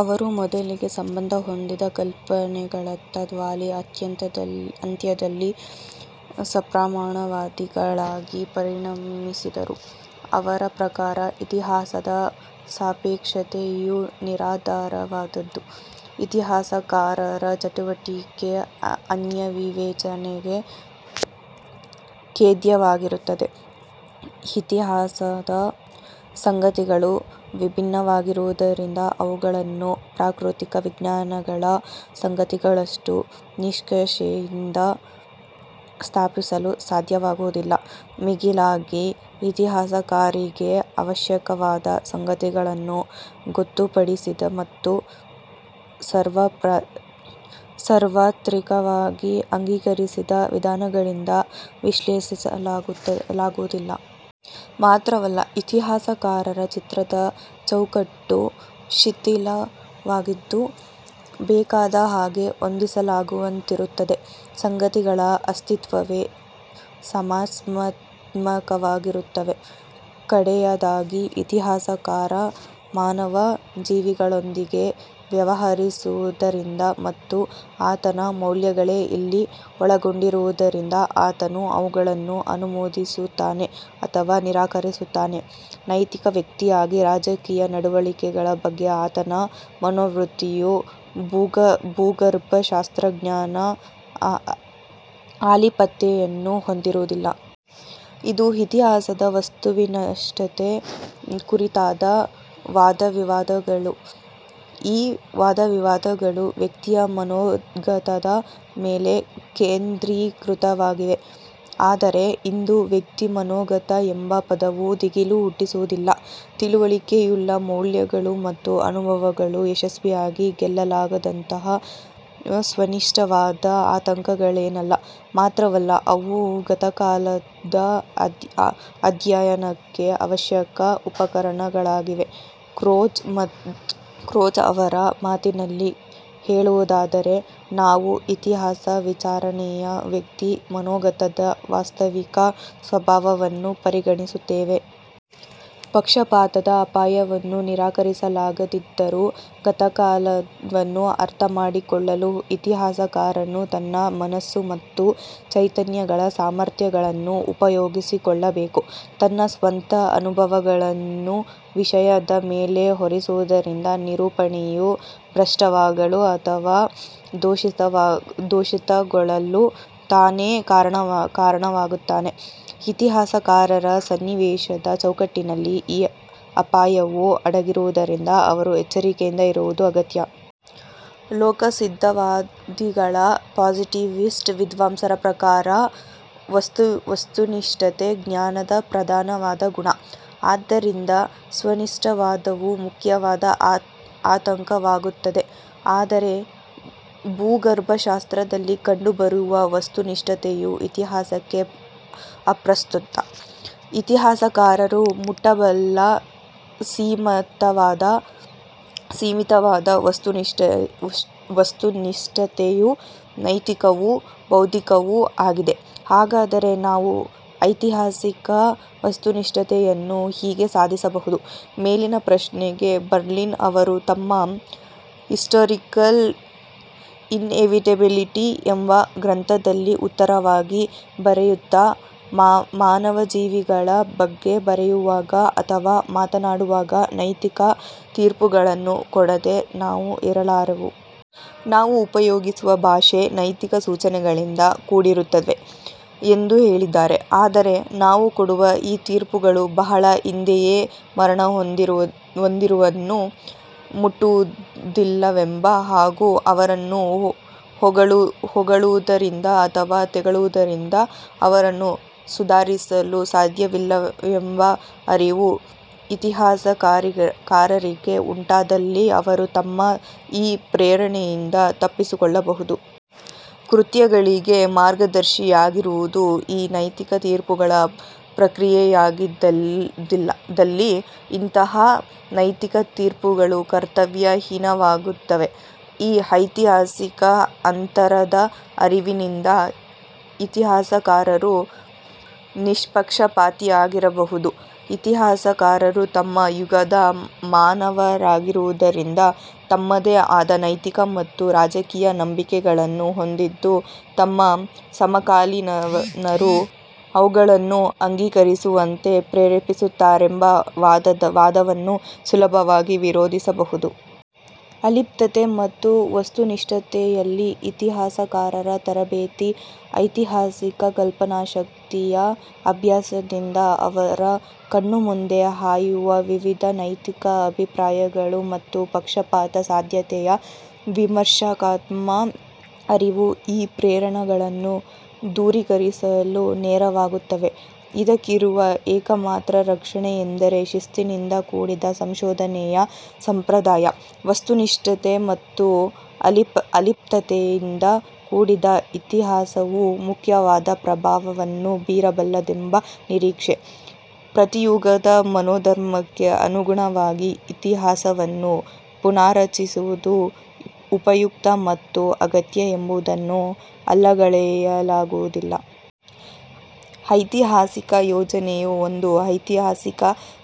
ಅವರು ಮೊದಲಿಗೆ ಸಂಬಂಧ ಹೊಂದಿದ ಕಲ್ಪನೆಗಳತ್ತ ವಾಲಿ ಅಂತ್ಯದಲ್ಲಿ ಸಪ್ರಮಾಣವಾದಿಗಳಾಗಿ ಪರಿಣಮಿಸಿದರು. ಅವರ ಪ್ರಕಾರ, ಇತಿಹಾಸದ ಸಾಪೇಕ್ಷತೆಯು ನಿರಾಧಾರವಾದುದು. ಇತಿಹಾಸಕಾರರ ಚಟುವಟಿಕೆ ಅನ್ಯವಿವೇಚನೆಗೆ ಖೇದ್ಯವಾಗಿರುತ್ತದೆ. ಇತಿಹಾಸದ ಸಂಗತಿಗಳು ವಿಭಿನ್ನವಾಗಿರುವುದರಿಂದ ಅವುಗಳನ್ನು ಪ್ರಾಕೃತಿಕ ವಿಜ್ಞಾನಗಳ ಸಂಗತಿಗಳಷ್ಟು ನಿಷ್ಕಷೇಯಿಂದ ಸ್ಥಾಪಿಸಲು ಸಾಧ್ಯವಾಗುವುದಿಲ್ಲ. ಮಿಗಿಲಾಗಿ, ಇತಿಹಾಸಕಾರರಿಗೆ ಅವಶ್ಯಕವಾದ ಸಂಗತಿಗಳನ್ನು ಗೊತ್ತುಪಡಿಸಿದ ಮತ್ತು ಸಾರ್ವತ್ರಿಕವಾಗಿ ಅಂಗೀಕರಿಸಿದ ವಿಧಾನಗಳಿಂದ ವಿಶ್ಲೇಷಿಸಲಾಗುವುದಿಲ್ಲ. ಮಾತ್ರವಲ್ಲ, ಇತಿಹಾಸಕಾರರ ಚಿತ್ರದ ಚೌಕಟ್ಟು ಶಿಥಿಲವಾಗಿದ್ದು ಬೇಕಾದ ಹಾಗೆ ಹೊಂದಿಸಲಾಗುವಂತಿರುತ್ತದೆ. ಸಂಗತಿಗಳ ಅಸ್ತಿತ್ವವೇ ಸಮಸ್ಯಾತ್ಮಕವಾಗಿರುತ್ತವೆ. ಕಡೆಯದಾಗಿ, ಇತಿಹಾಸಕಾರ ಮಾನವ ಜೀವಿಗಳೊಂದಿಗೆ ವ್ಯವಹರಿಸುವುದರಿಂದ ಮತ್ತು ಆತನ ಮೌಲ್ಯಗಳೇ ಇಲ್ಲಿ ಒಳಗೊಂಡಿರುವುದರಿಂದ, ಆತನು ಅವುಗಳನ್ನು ಅನುಮೋದಿಸುತ್ತಾನೆ ಅಥವಾ ನಿರಾಕರಿಸುತ್ತಾನೆ. ನೈತಿಕ ವ್ಯಕ್ತಿಯಾಗಿ ರಾಜಕೀಯ ನಡವಳಿಕೆಗಳ ಬಗ್ಗೆ ಆತನ ಮನೋವೃತ್ತಿಯು ಭೂಗರ್ಭಶಾಸ್ತ್ರಜ್ಞನ ಆಲಿಪ್ತತೆಯನ್ನು ಹೊಂದಿರುವುದಿಲ್ಲ. ಇದು ಇತಿಹಾಸದ ವಸ್ತುನಿಷ್ಠತೆ ಕುರಿತಾದ ವಾದವಿವಾದಗಳು. ಈ ವಾದವಿವಾದಗಳು ವ್ಯಕ್ತಿಯ ಮನೋಗತದ ಮೇಲೆ ಕೇಂದ್ರೀಕೃತವಾಗಿವೆ. ಆದರೆ ಇಂದು ವ್ಯಕ್ತಿಮನೋಗತ ಎಂಬ ಪದವು ದಿಗಿಲು ಹುಟ್ಟಿಸುವುದಿಲ್ಲ. ತಿಳುವಳಿಕೆಯುಳ್ಳ ಮೌಲ್ಯಗಳು ಮತ್ತು ಅನುಭವಗಳು ಯಶಸ್ವಿಯಾಗಿ ಗೆಲ್ಲಲಾಗದಂತಹ ಸ್ವನಿಷ್ಠವಾದ ಆತಂಕಗಳೇನಲ್ಲ. ಮಾತ್ರವಲ್ಲ ಅವು ಗತಕಾಲದ ಅಧ್ಯಯನಕ್ಕೆ ಅವಶ್ಯಕ ಉಪಕರಣಗಳಾಗಿವೆ. ಕ್ರೋಚ್ ಅವರ ಮಾತಿನಲ್ಲಿ ಹೇಳುವುದಾದರೆ, ನಾವು ಇತಿಹಾಸ ವಿಚಾರಣೆಯ ವ್ಯಕ್ತಿ ಮನೋಗತದ ವಾಸ್ತವಿಕ ಸ್ವಭಾವವನ್ನು ಪರಿಗಣಿಸುತ್ತೇವೆ. ಪಕ್ಷಪಾತದ ಅಪಾಯವನ್ನು ನಿರಾಕರಿಸಲಾಗದಿದ್ದರೂ, ಗತಕಾಲವನ್ನು ಅರ್ಥ ಮಾಡಿಕೊಳ್ಳಲು ಇತಿಹಾಸಕಾರನು ತನ್ನ ಮನಸ್ಸು ಮತ್ತು ಚೈತನ್ಯಗಳ ಸಾಮರ್ಥ್ಯಗಳನ್ನು ಉಪಯೋಗಿಸಿಕೊಳ್ಳಬೇಕು. ತನ್ನ ಸ್ವಂತ ಅನುಭವಗಳನ್ನು ವಿಷಯದ ಮೇಲೆ ಹೊರಿಸುವುದರಿಂದ ನಿರೂಪಣೆಯು ಭ್ರಷ್ಟವಾಗಲು ಅಥವಾ ದೋಷಿತಗೊಳ್ಳಲು ತಾನೇ ಕಾರಣನಾಗುತ್ತಾನೆ. ಇತಿಹಾಸಕಾರರ ಸನ್ನಿವೇಶದ ಚೌಕಟ್ಟಿನಲ್ಲಿ ಈ ಅಪಾಯವು ಅಡಗಿರುವುದರಿಂದ ಅವರು ಎಚ್ಚರಿಕೆಯಿಂದ ಇರುವುದು ಅಗತ್ಯ. ಲೋಕಸಿದ್ಧವಾದಿಗಳ ಪಾಸಿಟಿವಿಸ್ಟ್ ವಿದ್ವಾಂಸರ ಪ್ರಕಾರ, ವಸ್ತುನಿಷ್ಠತೆ ಜ್ಞಾನದ ಪ್ರಧಾನವಾದ ಗುಣ. ಆದ್ದರಿಂದ ಸ್ವನಿಷ್ಠವಾದವು ಮುಖ್ಯವಾದ ಆತಂಕವಾಗುತ್ತದೆ. ಆದರೆ ಭೂಗರ್ಭಶಾಸ್ತ್ರದಲ್ಲಿ ಕಂಡುಬರುವ ವಸ್ತುನಿಷ್ಠತೆಯು ಇತಿಹಾಸಕ್ಕೆ ಅಪ್ರಸ್ತುತ. ಇತಿಹಾಸಕಾರರು ಮುಟ್ಟಬಲ್ಲ ಸೀಮಿತವಾದ ವಸ್ತುನಿಷ್ಠತೆಯು ನೈತಿಕವೂ, ಬೌದ್ಧಿಕವೂ ಆಗಿದೆ. ಹಾಗಾದರೆ, ನಾವು ಐತಿಹಾಸಿಕ ವಸ್ತುನಿಷ್ಠತೆಯನ್ನು ಹೀಗೆ ಸಾಧಿಸಬಹುದು. ಮೇಲಿನ ಪ್ರಶ್ನೆಗೆ ಬರ್ಲಿನ್ ಅವರು ತಮ್ಮ "ಹಿಸ್ಟಾರಿಕಲ್ ಇನ್ಎವಿಟಬಿಲಿಟಿ" ಎಂಬ ಗ್ರಂಥದಲ್ಲಿ ಉತ್ತರವಾಗಿ ಬರೆಯುತ್ತ, ಮಾನವಜೀವಿಗಳ ಬಗ್ಗೆ ಬರೆಯುವಾಗ ಅಥವಾ ಮಾತನಾಡುವಾಗ ನೈತಿಕ ತೀರ್ಪುಗಳನ್ನು ಕೊಡದೆ ನಾವು ಇರಲಾರೆವು. ನಾವು ಉಪಯೋಗಿಸುವ ಭಾಷೆ, ನೈತಿಕ ಸೂಚನೆಗಳಿಂದ ಕೂಡಿರುತ್ತದೆ ಎಂದು ಹೇಳಿದ್ದಾರೆ. ಆದರೆ, ನಾವು ಕೊಡುವ ಈ ತೀರ್ಪುಗಳು ಬಹಳ ಹಿಂದೆಯೇ ಮರಣಹೊಂದಿದವರನ್ನು ಮುಟ್ಟುವುದಿಲ್ಲವೆಂಬ ಹಾಗೂ ಅವರನ್ನು ಹೊಗಳುವುದರಿಂದ ಅಥವಾ ತೆಗಳುವುದರಿಂದ ಅವರನ್ನು ಸುಧಾರಿಸಲು ಸಾಧ್ಯವಿಲ್ಲವೆಂಬ ಅರಿವು ಇತಿಹಾಸಕಾರರಿಗೆ ಉಂಟಾದಲ್ಲಿ ಅವರು ತಮ್ಮ ಈ ಪ್ರೇರಣೆಯಿಂದ ತಪ್ಪಿಸಿಕೊಳ್ಳಬಹುದು. ಕೃತ್ಯಗಳಿಗೆ ಮಾರ್ಗದರ್ಶಿಯಾಗಿರುವುದು ಈ ನೈತಿಕ ತೀರ್ಪುಗಳ ಪ್ರಕ್ರಿಯೆಯಾಗಿದ್ದಲ್ಲಿ ಇಂತಹ ನೈತಿಕ ತೀರ್ಪುಗಳು ಕರ್ತವ್ಯ ಹೀನವಾಗುತ್ತವೆ. ಈ ಐತಿಹಾಸಿಕ ಅಂತರದ ಅರಿವಿನಿಂದ ಇತಿಹಾಸಕಾರರು ನಿಷ್ಪಕ್ಷಪಾತಿಯಾಗಿರಬಹುದು. ಇತಿಹಾಸಕಾರರು ತಮ್ಮ ಯುಗದ ಮಾನವರಾಗಿರುವುದರಿಂದ ತಮ್ಮದೇ ಆದ ನೈತಿಕ ಮತ್ತು ರಾಜಕೀಯ ನಂಬಿಕೆಗಳನ್ನು ಹೊಂದಿದ್ದು ತಮ್ಮ ಸಮಕಾಲೀನರು ಅವುಗಳನ್ನು ಅಂಗೀಕರಿಸುವಂತೆ ಪ್ರೇರೇಪಿಸುತ್ತಾರೆಂಬ ವಾದವನ್ನು ಸುಲಭವಾಗಿ ವಿರೋಧಿಸಬಹುದು. ಅಲಿಪ್ತತೆ ಮತ್ತು ವಸ್ತುನಿಷ್ಠತೆಯಲ್ಲಿ ಇತಿಹಾಸಕಾರರ ತರಬೇತಿ, ಐತಿಹಾಸಿಕ ಕಲ್ಪನಾಶಕ್ತಿಯ ಅಭ್ಯಾಸದಿಂದ ಅವರ ಕಣ್ಣುಮುಂದೆ ಹಾಯುವ ವಿವಿಧ ನೈತಿಕ ಅಭಿಪ್ರಾಯಗಳು ಮತ್ತು ಪಕ್ಷಪಾತ ಸಾಧ್ಯತೆಯ ವಿಮರ್ಶಾತ್ಮಕ ಅರಿವು ಈ ಪ್ರೇರಣೆಗಳನ್ನು ದೂರೀಕರಿಸಲು ನೆರವಾಗುತ್ತವೆ, ಇದಕ್ಕಿರುವ ಏಕಮಾತ್ರ ರಕ್ಷಣೆ ಎಂದರೆ ಶಿಸ್ತಿನಿಂದ ಕೂಡಿದ ಸಂಶೋಧನೆಯ ಸಂಪ್ರದಾಯ, ವಸ್ತುನಿಷ್ಠತೆ ಮತ್ತು ಅಲಿಪ್ತತೆಯಿಂದ ಕೂಡಿದ ಇತಿಹಾಸವು ಮುಖ್ಯವಾದ ಪ್ರಭಾವವನ್ನು ಬೀರಬಲ್ಲದೆಂಬ ನಿರೀಕ್ಷೆ, ಪ್ರತಿಯುಗದ ಮನೋಧರ್ಮಕ್ಕೆ ಅನುಗುಣವಾಗಿ ಇತಿಹಾಸವನ್ನು ಪುನಾರಚಿಸುವುದು ಉಪಯುಕ್ತ ಮತ್ತು ಅಗತ್ಯ ಎಂಬುದನ್ನು ಅಲ್ಲಗಳೆಯಲಾಗುವುದಿಲ್ಲ. ಐತಿಹಾಸಿಕ ಯೋಜನೆಯು ಒಂದು ಐತಿಹಾಸಿಕ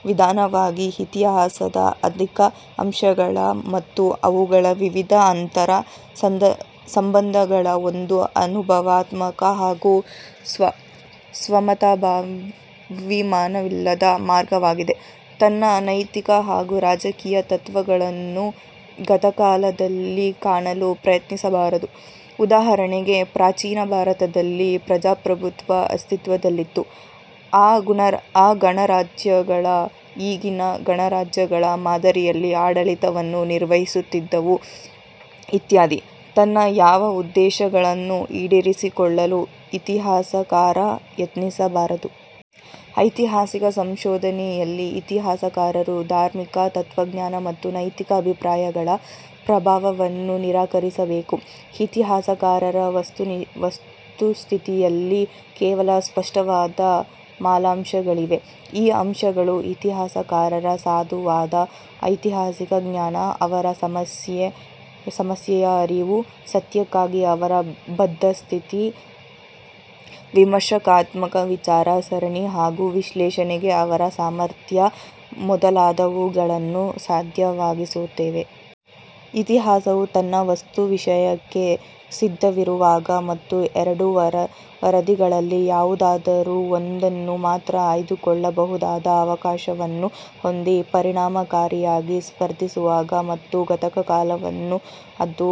ವಿಧಾನವಾಗಿ ಇತಿಹಾಸದ ಅಧಿಕ ಅಂಶಗಳ ಮತ್ತು ಅವುಗಳ ವಿವಿಧ ಅಂತರ ಸಂಬಂಧಗಳ ಒಂದು ಅನುಭವಾತ್ಮಕ ಹಾಗೂ ಸ್ವಮತಾಭಿಮಾನವಿಲ್ಲದ ಮಾರ್ಗವಾಗಿದೆ. ತನ್ನ ನೈತಿಕ ಹಾಗೂ ರಾಜಕೀಯ ತತ್ವಗಳನ್ನು ಗತಕಾಲದಲ್ಲಿ ಕಾಣಲು ಪ್ರಯತ್ನಿಸಬಾರದು. ಉದಾಹರಣೆಗೆ, ಪ್ರಾಚೀನ ಭಾರತದಲ್ಲಿ ಪ್ರಜಾಪ್ರಭುತ್ವ ಅಸ್ತಿತ್ವದಲ್ಲಿತ್ತು. ಆ ಗಣರಾಜ್ಯಗಳು ಈಗಿನ ಗಣರಾಜ್ಯಗಳ ಮಾದರಿಯಲ್ಲಿ ಆಡಳಿತವನ್ನು ನಿರ್ವಹಿಸುತ್ತಿದ್ದವು, ಇತ್ಯಾದಿ, ತನ್ನ ಯಾವ ಉದ್ದೇಶಗಳನ್ನು ಈಡೇರಿಸಿಕೊಳ್ಳಲು ಇತಿಹಾಸಕಾರ ಯತ್ನಿಸಬಾರದು. ಐತಿಹಾಸಿಕ ಸಂಶೋಧನೆಯಲ್ಲಿ ಇತಿಹಾಸಕಾರರು ಧಾರ್ಮಿಕ, ತತ್ವಜ್ಞಾನ ಮತ್ತು ನೈತಿಕ ಅಭಿಪ್ರಾಯಗಳ ಪ್ರಭಾವವನ್ನು ನಿರಾಕರಿಸಬೇಕು. ಇತಿಹಾಸಕಾರರ ವಸ್ತುಸ್ಥಿತಿಯಲ್ಲಿ ಕೆಲವು ಸ್ಪಷ್ಟವಾದ ಮೂಲಾಂಶಗಳಿವೆ. ಈ ಅಂಶಗಳು ಇತಿಹಾಸಕಾರರ ಸಾಧುವಾದ ಐತಿಹಾಸಿಕ ಜ್ಞಾನ, ಅವರ ಸಮಸ್ಯೆಯ ಅರಿವು, ಸತ್ಯಕ್ಕಾಗಿ ಅವರ ಬದ್ಧ ಸ್ಥಿತಿ, ವಿಮರ್ಶಾತ್ಮಕ ವಿಚಾರ ಸರಣಿ ಹಾಗೂ ವಿಶ್ಲೇಷಣೆಗೆ ಅವರ ಸಾಮರ್ಥ್ಯ ಮೊದಲಾದವುಗಳನ್ನು ಸಾಧ್ಯವಾಗಿಸುತ್ತವೆ. ಇತಿಹಾಸವು ತನ್ನ ವಸ್ತು ವಿಷಯಕ್ಕೆ ಸಿದ್ಧವಿರುವಾಗ ಮತ್ತು ಎರಡು ವರದಿಗಳಲ್ಲಿ ಯಾವುದಾದರೂ ಒಂದನ್ನು ಮಾತ್ರ ಆಯ್ದುಕೊಳ್ಳಬಹುದಾದ ಅವಕಾಶವನ್ನು ಹೊಂದಿ, ಪರಿಣಾಮಕಾರಿಯಾಗಿ ಸ್ಪರ್ಧಿಸುವಾಗ ಮತ್ತು ಗತಕಾಲವನ್ನು ಅದು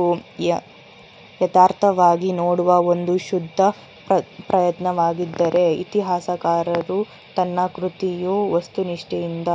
ಯಥಾರ್ಥವಾಗಿ ನೋಡುವ ಒಂದು ಶುದ್ಧ ಪ್ರಯತ್ನವಾಗಿದ್ದರೆ ಇತಿಹಾಸಕಾರರು ತನ್ನ ಕೃತಿಯು ವಸ್ತುನಿಷ್ಠೆಯಿಂದ